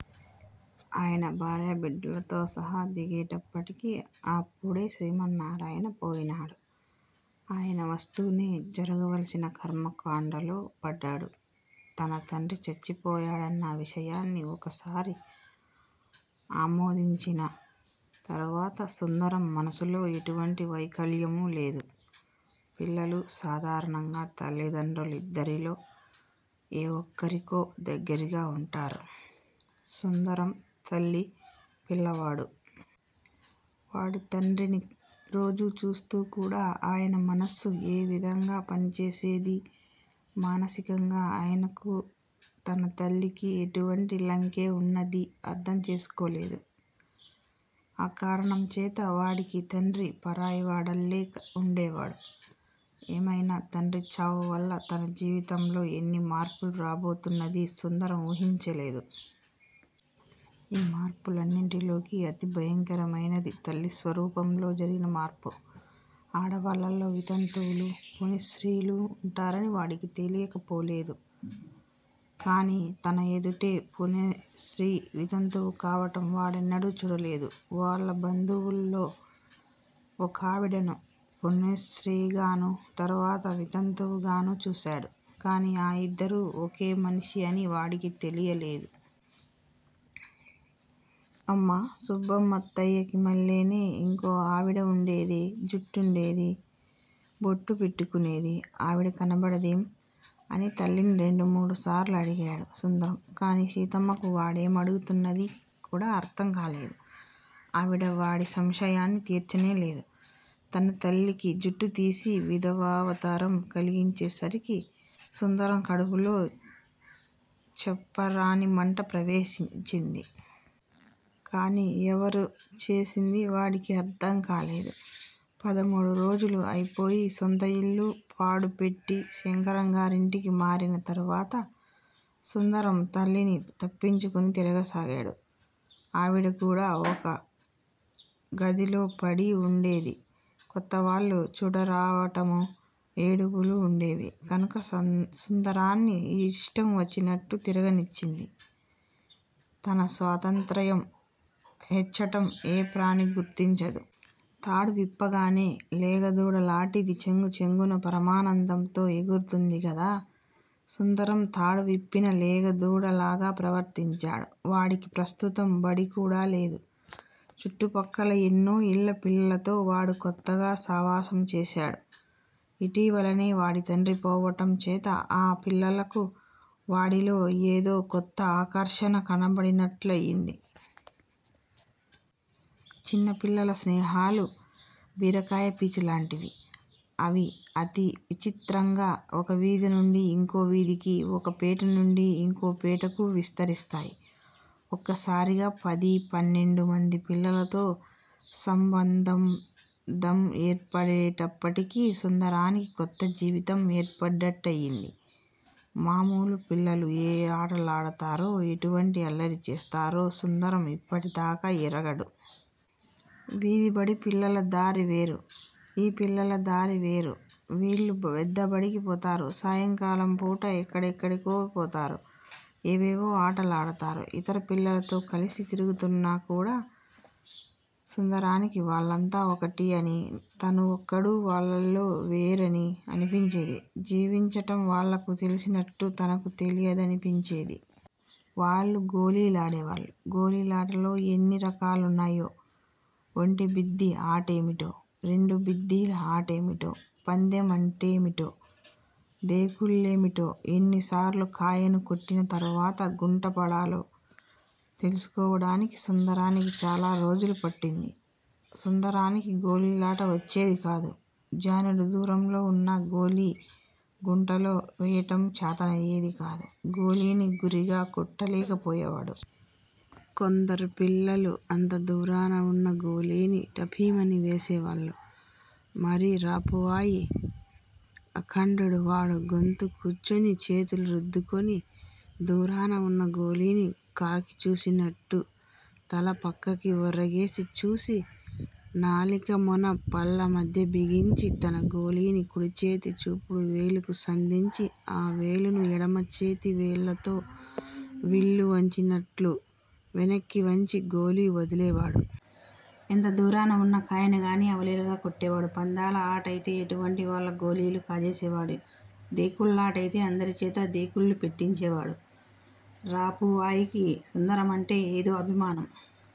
ఆయన భార్య బిడ్డలతోసహా దిగేట్టప్పటికి అప్పుడే శ్రీమన్నారాయణ పోయినాడు. ఆయన వస్తూనే జరగవలసిన కర్మకాండలో పడ్డాడు తన తండ్రి చచ్చిపోయాడన్న విషయాన్ని ఒకసారి ఆమోదించిన తరువాత సుందరం మనసులో ఎటువంటి వైకల్యమూ లేదు. పిల్లలు సాధారణంగా తల్లిదండ్రు లిద్దరిలో ఏ ఒక్కరికో దగ్గరిగా ఉంటారు. సుందరం తల్లి పిల్లవాడు. వాడు తండ్రిని రోజూ చూస్తూకూడా. ఆయన మనస్సు ఏ విధంగా పని చేసేదీ, మానసికంగా ఆయనకూ తన తల్లికీ ఎటువంటి లంకె ఉన్నదీ అర్డంచేసుకోలేదు. ఆ కారణంచేత వాడికి తండ్రి పరాయివాడల్లే ఉండేవాడు. ఏమైనా తండ్రి చావువల్ల తన జీవితంలో ఎన్ని మార్పులు రాబోతున్నదీ సుందరం ఊహించలేదు. ఈ మార్పు లన్నిటిలోకీ అతిభయంకరమైనది తల్లి స్వరూపంలో జరిగిన మార్పు. ఆడవాళ్ళలో వితంతువులూ, పునిస్రీలూ ఉంటారని వాడికి తెలియకపోలేదు. కాని తనఎదుటే పునిస్రీ వితంతువుకావటం వాడెన్నడూ చూడలేదు. వాళ్ళ బంధువుల్లో ఒకావిడను పునిస్రీగానూ, తరువాత వితంతువు గానూ, చూశాడు. కాని ఆ ఇద్దరూ ఒకే మనిషి అని వాడికి తెలియలేదు. అమ్మా. సుబ్బమ్మత్తయ్యకిమ్మల్లేనే ఇంకో ఆవిడ ఉండేదే? జుట్టుండేది. బొట్టు పెట్టుకునేది! ఆవిడ కనబడదేం? అని తల్లిని రెండు మూడు సార్లు అడిగాడు సుందరం. కాని సీతమ్మకు వాడే మడుగుతున్నదీ కూడా అర్ధంకాలేదు. ఆవిడ వాడి సంశయాన్ని తీర్చనేలేదు. తన తల్లికి జుట్టుతీసి విధవావతారం కలిగించేసరికి సుందరం కడుపులో చెప్పరానిమంట ప్రవేసించింది. కాని ఎవరు చేసిందీ వాడికి అర్డంకాలేదు. పదమూడురోజులూ అయిపోయి, సొంతఇల్లు పాడుపెట్టి శంకరంగారింటికి మారినతరువాత సుందరం తల్లిని తప్పించుకుని తిరగసాగాడు. ఆవిడకూడా ఒక గదిలో పడి వుండేది. కొత్తవాళ్ళు చూడరావటమూ. ఏడుపులూ ఉండేవి, కనుక సుందరాన్ని ఇష్టం వచ్చినట్టు తిరగనిచ్చింది. తన స్వాతంత్ర్యం హెచ్చటం ఏ ప్రాణి గుర్తించదు? తాడువిప్పగానే లేగదూడలాటిది చెంగుచెంగున పరమానందంతో ఎగురుతుందిగదా! సుందరం తాడు విప్పిన లేగదూడ లాగా ప్రవర్తించాడు. వాడికి ప్రస్తుతం బడికూడా లేదు. చుట్టుపక్కల ఎన్నోఇళ్ళ పిల్లలతో వాడు కొత్తగా సావాసం చేశాడు. ఇటీవలనే వాడి తండ్రి పోవటం చేత ఆ పిల్లలకు వాడిలో ఏదో కొత్త ఆకర్షణ కనబడినట్ట్లయింది. చిన్నపిల్లల స్నేహాలు బీరకాయ పీచులాంటివి. అవి అతి విచిత్రంగా ఒక వీధినుండి ఇంకో వీధికి. ఒక పేట నుండి ఇంకో పేటకూ విస్తరిస్తాయి. ఒక్కసారిగా పది పన్నెండు మంది పిల్లలతో సంబంధందం ఏర్పడేటప్పటికి సుందరానికి కొత్త జీవితం ఏర్పడ్డట్టయింది. మామూలు పిల్లలు ఏ ఆటలాడు తారో, ఎటువంటి అల్లరిచేస్తారో సుందరం ఇప్పటిదాకా ఎరగడు. వీధిబడి పిల్లల దారివేరు. ఈ పిల్లలదారి వేరు. వీళ్ళు పెద్దబడికి పోతారు. సాయంకాలంపూట ఎక్కడెక్కడికో పోతారు. ఏవేవో ఆటలాడతారు. ఇతర పిల్లలతో కలసి తిరుగుతున్నా కూడా సుందరానికి, వాళ్ళంతా ఒకటి అనీ, తను ఒక్కడూ వాళ్ళలో వేరనీ అనిపించేది. జీవించటం వాళ్ళకు తెలిసినట్టు తనకు తెలియదనిపించేది. వాళ్ళు గోళీలాడేవాళ్ళు. గోలీలాటలో ఎన్ని రకాలున్నాయో, ఒంటిబిద్దీ ఆటేమిటో, రెండుబిద్దీల ఆటఏమిటో, పందెం అంటేమిటో, దేకుళ్ళేమిటో, ఎన్నిసార్లు కాయను కొట్టినతరువాత గుంటపడాలో తెలుసుకోవడానికి సుందరానికి చాలా రోజులు పట్టింది. సుందరానికి గోలీలాట వచ్చేదికాదు. జానెడు దూరంలో ఉన్న గోలీ గుంటలో వెయ్యటం చాతనయ్యేదికాదు. గోలీని గురిగా కొట్టలేకపోయేవాడు. కొందరు పిల్లలు అంత దూరాన ఉన్న గోలీని ఠపీమని వేసేవాళ్ళు. మరీ రాఘవాయి అఖండుడు. వాడు గొంతుక్కూచుని, చేతులు రుద్దుకుని, దూరాన ఉన్న గోలీని కాకిచూసినట్టు తల పక్కకి ఒరగేసి చూసి, నాలిక మొన పళ్ళ మధ్య బిగించి, తన గోలీని కుడిచేతి చూపుడు వేలుకు సందించి ఆ వేలును ఎడమ చేతివేళ్ళతో విల్లువంచినట్లు వెనక్కి వంచి, గోలీ వదిలేవాడు. ఎంత దూరాన ఉన్న కాయనిగానీ అవలీలగా కొట్టేవాడు. పందాల అటఅయితే ఎటువంటివాళ్ళ గోలీలూ కాజేసివాడు. దేకుళ్ళాటయితే అందరిచేతా దేకుళ్ళుపెట్టించేవాడు. రాఘవాయికి సుందరమంటే ఏదో అభిమానం.